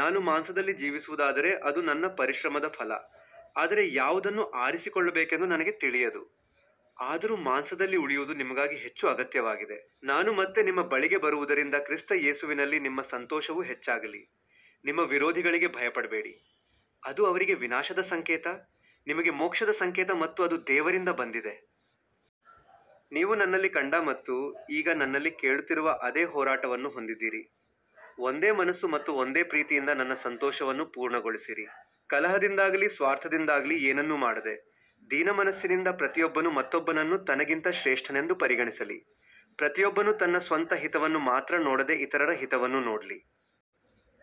ನಾನು ಮಾಂಸದಲ್ಲಿ ಜೀವಿಸುವುದಾದರೆ ಅದು ನನ್ನ ಪರಿಶ್ರಮದ ಫಲ, ಆದರೆ ಯಾವುದನ್ನು ಆರಿಸಿಕೊಳ್ಳಬೇಕೆಂದು ನನಗೆ ತಿಳಿಯದು. ಆದರೂ ಮಾಂಸದಲ್ಲಿ ಉಳಿಯುವುದು ನಿಮಗಾಗಿ ಹೆಚ್ಚು ಅಗತ್ಯವಾಗಿದೆ. ನಾನು ಮತ್ತೆ ನಿಮ್ಮ ಬಳಿಗೆ ಬರುವುದರಿಂದ ಕ್ರಿಸ್ತ ಯೇಸುವಿನಲ್ಲಿ ನಿಮ್ಮ ಸಂತೋಷವು ಹೆಚ್ಚಾಗಲಿ. ನಿಮ್ಮ ವಿರೋಧಿಗಳಿಗೆ ಭಯಪಡಬೇಡಿ. ಅದು ಅವರಿಗೆ ವಿನಾಶದ ಸಂಕೇತ, ನಿಮಗೆ ಮೋಕ್ಷದ ಸಂಕೇತ ಮತ್ತು ಅದು ದೇವರಿಂದ ಬಂದಿದೆ. ನೀವು ನನ್ನಲ್ಲಿ ಕಂಡ ಮತ್ತು ಈಗ ನನ್ನಲ್ಲಿ ಕೇಳುತ್ತಿರುವ ಅದೇ ಹೋರಾಟವನ್ನು ಹೊಂದಿದ್ದೀರಿ. ಒಂದೇ ಮನಸ್ಸು ಮತ್ತು ಒಂದೇ ಪ್ರೀತಿಯಿಂದ ನನ್ನ ಸಂತೋಷವನ್ನು ಪೂರ್ಣಗೊಳಿಸಿರಿ. ಕಲಹದಿಂದಾಗಲಿ ಸ್ವಾರ್ಥದಿಂದಾಗಲಿ ಏನನ್ನೂ ಮಾಡದೆ, ದೀನಮನಸ್ಸಿನಿಂದ ಪ್ರತಿಯೊಬ್ಬನು ಮತ್ತೊಬ್ಬನನ್ನು ತನಗಿಂತ ಶ್ರೇಷ್ಠನೆಂದು ಪರಿಗಣಿಸಲಿ. ಪ್ರತಿಯೊಬ್ಬನು ತನ್ನ ಸ್ವಂತ ಹಿತವನ್ನು ಮಾತ್ರ ನೋಡದೆ ಇತರರ ಹಿತವನ್ನೂ ನೋಡಲಿ.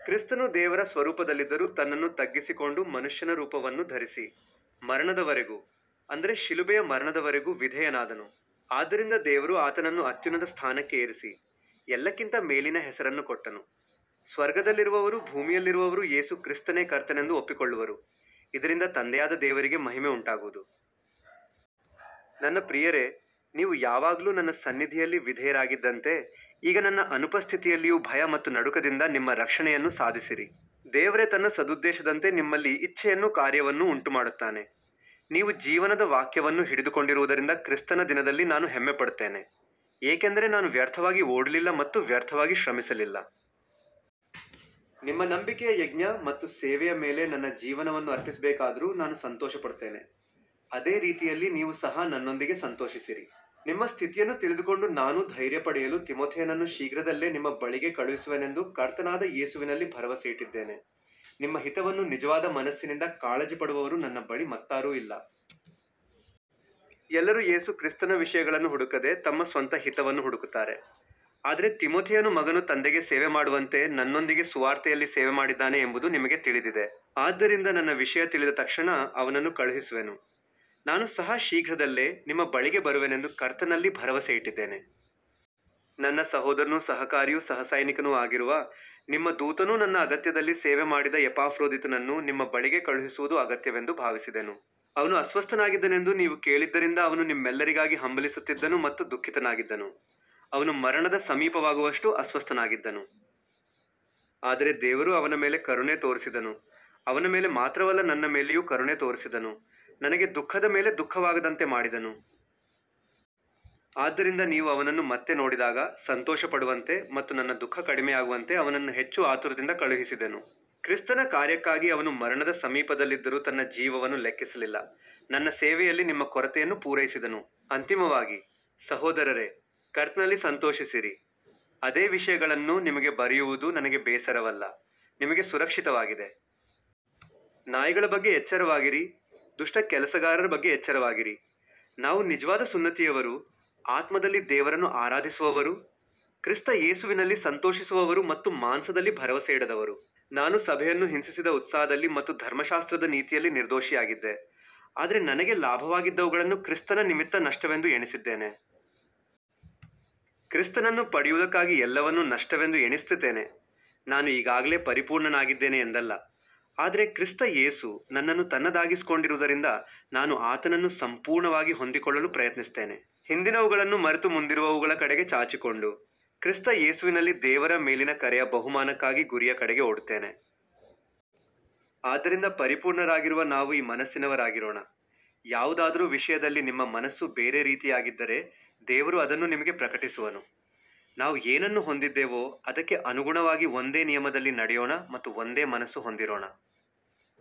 ಕ್ರಿಸ್ತನು ದೇವರ ಸ್ವರೂಪದಲ್ಲಿದ್ದರೂ ತನ್ನನ್ನು ತಗ್ಗಿಸಿಕೊಂಡು ಮನುಷ್ಯನ ರೂಪವನ್ನು ಧರಿಸಿ, ಮರಣದವರೆಗೂ, ಅಂದರೆ ಶಿಲುಬೆಯ ಮರಣದವರೆಗೂ ವಿಧೇಯನಾದನು. ಆದ್ದರಿಂದ ದೇವರು ಆತನನ್ನು ಅತ್ಯುನ್ನತ ಸ್ಥಾನಕ್ಕೆ ಏರಿಸಿ, ಎಲ್ಲಕ್ಕಿಂತ ಮೇಲಿನ ಹೆಸರನ್ನು ಕೊಟ್ಟನು. ಸ್ವರ್ಗದಲ್ಲಿರುವವರೂ ಭೂಮಿಯಲ್ಲಿರುವವರೂ ಯೇಸು ಕ್ರಿಸ್ತನೇ ಕರ್ತನೆಂದು ಒಪ್ಪಿಕೊಳ್ಳುವರು, ಇದರಿಂದ ತಂದೆಯಾದ ದೇವರಿಗೆ ಮಹಿಮೆ ಉಂಟಾಗುವುದು. ನನ್ನ ಪ್ರಿಯರೇ, ನೀವು ಯಾವಾಗಲೂ ನನ್ನ ಸನ್ನಿಧಿಯಲ್ಲಿ ವಿಧೇಯರಾಗಿದ್ದಂತೆ ಈಗ ನನ್ನ ಅನುಪಸ್ಥಿತಿಯಲ್ಲಿಯೂ ಭಯ ಮತ್ತು ನಡುಕದಿಂದ ನಿಮ್ಮ ರಕ್ಷಣೆಯನ್ನು ಸಾಧಿಸಿರಿ. ದೇವರೇ ತನ್ನ ಸದುದ್ದೇಶದಂತೆ ನಿಮ್ಮಲ್ಲಿ ಇಚ್ಛೆಯನ್ನೂ ಕಾರ್ಯವನ್ನೂ ಉಂಟುಮಾಡುತ್ತಾನೆ. ನೀವು ಜೀವನದ ವಾಕ್ಯವನ್ನು ಹಿಡಿದುಕೊಂಡಿರುವುದರಿಂದ ಕ್ರಿಸ್ತನ ದಿನದಲ್ಲಿ ನಾನು ಹೆಮ್ಮೆಪಡುತ್ತೇನೆ, ಏಕೆಂದರೆ ನಾನು ವ್ಯರ್ಥವಾಗಿ ಓಡಲಿಲ್ಲ ಮತ್ತು ವ್ಯರ್ಥವಾಗಿ ಶ್ರಮಿಸಲಿಲ್ಲ. ನಿಮ್ಮ ನಂಬಿಕೆಯ ಯಜ್ಞ ಮತ್ತು ಸೇವೆಯ ಮೇಲೆ ನನ್ನ ಜೀವನವನ್ನು ಅರ್ಪಿಸಬೇಕಾದರೂ ನಾನು ಸಂತೋಷಪಡುತ್ತೇನೆ. ಅದೇ ರೀತಿಯಲ್ಲಿ ನೀವು ಸಹ ನನ್ನೊಂದಿಗೆ ಸಂತೋಷಿಸಿರಿ. ನಿಮ್ಮ ಸ್ಥಿತಿಯನ್ನು ತಿಳಿದುಕೊಂಡು ನಾನೂ ಧೈರ್ಯಪಡೆಯಲು ತಿಮೊಥೆಯನನ್ನು ಶೀಘ್ರದಲ್ಲೇ ನಿಮ್ಮ ಬಳಿಗೆ ಕಳುಹಿಸುವೆನೆಂದು ಕರ್ತನಾದ ಯೇಸುವಿನಲ್ಲಿ ಭರವಸೆಯಿಟ್ಟಿದ್ದೇನೆ. ನಿಮ್ಮ ಹಿತವನ್ನು ನಿಜವಾದ ಮನಸ್ಸಿನಿಂದ ಕಾಳಜಿಪಡುವವರು ನನ್ನ ಬಳಿ ಮತ್ತಾರೂ ಇಲ್ಲ. ಎಲ್ಲರೂ ಯೇಸು ಕ್ರಿಸ್ತನ ವಿಷಯಗಳನ್ನು ಹುಡುಕದೆ ತಮ್ಮ ಸ್ವಂತ ಹಿತವನ್ನು ಹುಡುಕುತ್ತಾರೆ. ಆದರೆ ತಿಮೊಥೆಯನು ಮಗನು ತಂದೆಗೆ ಸೇವೆಮಾಡುವಂತೆ ನನ್ನೊಂದಿಗೆ ಸುವಾರ್ತೆಯಲ್ಲಿ ಸೇವೆಮಾಡಿದ್ದಾನೆ ಎಂಬುದು ನಿಮಗೆ ತಿಳಿದಿದೆ. ಆದ್ದರಿಂದ ನನ್ನ ವಿಷಯ ತಿಳಿದ ತಕ್ಷಣ ಅವನನ್ನು ಕಳುಹಿಸುವೆನು. ನಾನು ಸಹ ಶೀಘ್ರದಲ್ಲೇ ನಿಮ್ಮ ಬಳಿಗೆ ಬರುವೆನೆಂದು ಕರ್ತನಲ್ಲಿ ಭರವಸೆಯಿಟ್ಟಿದ್ದೇನೆ. ನನ್ನ ಸಹೋದರನೂ ಸಹಕಾರಿಯೂ ಸಹಸೈನಿಕನೂ ಆಗಿರುವ, ನಿಮ್ಮ ದೂತನೂ ನನ್ನ ಅಗತ್ಯದಲ್ಲಿ ಸೇವೆಮಾಡಿದ ಎಪಾಫ್ರೋದಿತನನ್ನು ನಿಮ್ಮ ಬಳಿಗೆ ಕಳುಹಿಸುವುದು ಅಗತ್ಯವೆಂದು ಭಾವಿಸಿದೆನು. ಅವನು ಅಸ್ವಸ್ಥನಾಗಿದ್ದನೆಂದು ನೀವು ಕೇಳಿದ್ದರಿಂದ ಅವನು ನಿಮ್ಮೆಲ್ಲರಿಗಾಗಿ ಹಂಬಲಿಸುತ್ತಿದ್ದನು ಮತ್ತು ದುಃಖಿತನಾಗಿದ್ದನು. ಅವನು ಮರಣದ ಸಮೀಪವಾಗುವಷ್ಟು ಅಸ್ವಸ್ಥನಾಗಿದ್ದನು. ಆದರೆ ದೇವರು ಅವನ ಮೇಲೆ ಕರುಣೆ ತೋರಿಸಿದನು, ಅವನ ಮೇಲೆ ಮಾತ್ರವಲ್ಲ ನನ್ನ ಮೇಲೆಯೂ ಕರುಣೆ ತೋರಿಸಿದನು, ನನಗೆ ದುಃಖದ ಮೇಲೆ ದುಃಖವಾಗದಂತೆ ಮಾಡಿದನು. ಆದ್ದರಿಂದ ನೀವು ಅವನನ್ನು ಮತ್ತೆ ನೋಡಿದಾಗ ಸಂತೋಷಪಡುವಂತೆ ಮತ್ತು ನನ್ನ ದುಃಖ ಕಡಿಮೆಯಾಗುವಂತೆ ಅವನನ್ನು ಹೆಚ್ಚು ಆತುರದಿಂದ ಕಳುಹಿಸಿದೆನು. ಕ್ರಿಸ್ತನ ಕಾರ್ಯಕ್ಕಾಗಿ ಅವನು ಮರಣದ ಸಮೀಪದಲ್ಲಿದ್ದರೂ ತನ್ನ ಜೀವವನ್ನು ಲೆಕ್ಕಿಸಲಿಲ್ಲ, ನನ್ನ ಸೇವೆಯಲ್ಲಿ ನಿಮ್ಮ ಕೊರತೆಯನ್ನು ಪೂರೈಸಿದನು. ಅಂತಿಮವಾಗಿ, ಸಹೋದರರೇ, ಕರ್ತನಲ್ಲಿ ಸಂತೋಷಿಸಿರಿ. ಅದೇ ವಿಷಯಗಳನ್ನು ನಿಮಗೆ ಬರೆಯುವುದು ನನಗೆ ಬೇಸರವಲ್ಲ, ನಿಮಗೆ ಸುರಕ್ಷಿತವಾಗಿದೆ. ನಾಯಿಗಳ ಬಗ್ಗೆ ಎಚ್ಚರವಾಗಿರಿ, ದುಷ್ಟ ಕೆಲಸಗಾರರ ಬಗ್ಗೆ ಎಚ್ಚರವಾಗಿರಿ. ನಾವು ನಿಜವಾದ ಸುನ್ನತಿಯವರು, ಆತ್ಮದಲ್ಲಿ ದೇವರನ್ನು ಆರಾಧಿಸುವವರು, ಕ್ರಿಸ್ತ ಯೇಸುವಿನಲ್ಲಿ ಸಂತೋಷಿಸುವವರು ಮತ್ತು ಮಾಂಸದಲ್ಲಿ ಭರವಸೆಯಿಡದವರು. ನಾನು ಸಭೆಯನ್ನು ಹಿಂಸಿಸಿದ ಉತ್ಸಾಹದಲ್ಲಿ ಮತ್ತು ಧರ್ಮಶಾಸ್ತ್ರದ ನೀತಿಯಲ್ಲಿ ನಿರ್ದೋಷಿಯಾಗಿದ್ದೆ. ಆದರೆ ನನಗೆ ಲಾಭವಾಗಿದ್ದವುಗಳನ್ನು ಕ್ರಿಸ್ತನ ನಿಮಿತ್ತ ನಷ್ಟವೆಂದು ಎಣಿಸಿದ್ದೇನೆ. ಕ್ರಿಸ್ತನನ್ನು ಪಡೆಯುವುದಕ್ಕಾಗಿ ಎಲ್ಲವನ್ನೂ ನಷ್ಟವೆಂದು ಎಣಿಸುತ್ತೇನೆ. ನಾನು ಈಗಾಗಲೇ ಪರಿಪೂರ್ಣನಾಗಿದ್ದೇನೆ ಎಂದಲ್ಲ, ಆದರೆ ಕ್ರಿಸ್ತ ಯೇಸು ನನ್ನನ್ನು ತನ್ನದಾಗಿಸಿಕೊಂಡಿರುವುದರಿಂದ ನಾನು ಆತನನ್ನು ಸಂಪೂರ್ಣವಾಗಿ ಹೊಂದಿಕೊಳ್ಳಲು ಪ್ರಯತ್ನಿಸುತ್ತೇನೆ. ಹಿಂದಿನವುಗಳನ್ನು ಮರೆತು ಮುಂದಿರುವವುಗಳ ಕಡೆಗೆ ಚಾಚಿಕೊಂಡು, ಕ್ರಿಸ್ತ ಯೇಸುವಿನಲ್ಲಿ ದೇವರ ಮೇಲಿನ ಕರೆಯ ಬಹುಮಾನಕ್ಕಾಗಿ ಗುರಿಯ ಕಡೆಗೆ ಓಡುತ್ತೇನೆ. ಆದ್ದರಿಂದ ಪರಿಪೂರ್ಣರಾಗಿರುವ ನಾವು ಈ ಮನಸ್ಸಿನವರಾಗಿರೋಣ. ಯಾವುದಾದರೂ ವಿಷಯದಲ್ಲಿ ನಿಮ್ಮ ಮನಸ್ಸು ಬೇರೆ ರೀತಿಯಾಗಿದ್ದರೆ ದೇವರು ಅದನ್ನೂ ನಿಮಗೆ ಪ್ರಕಟಿಸುವನು. ನಾವು ಏನನ್ನು ಹೊಂದಿದ್ದೇವೋ ಅದಕ್ಕೆ ಅನುಗುಣವಾಗಿ ಒಂದೇ ನಿಯಮದಲ್ಲಿ ನಡೆಯೋಣ ಮತ್ತು ಒಂದೇ ಮನಸ್ಸು ಹೊಂದಿರೋಣ.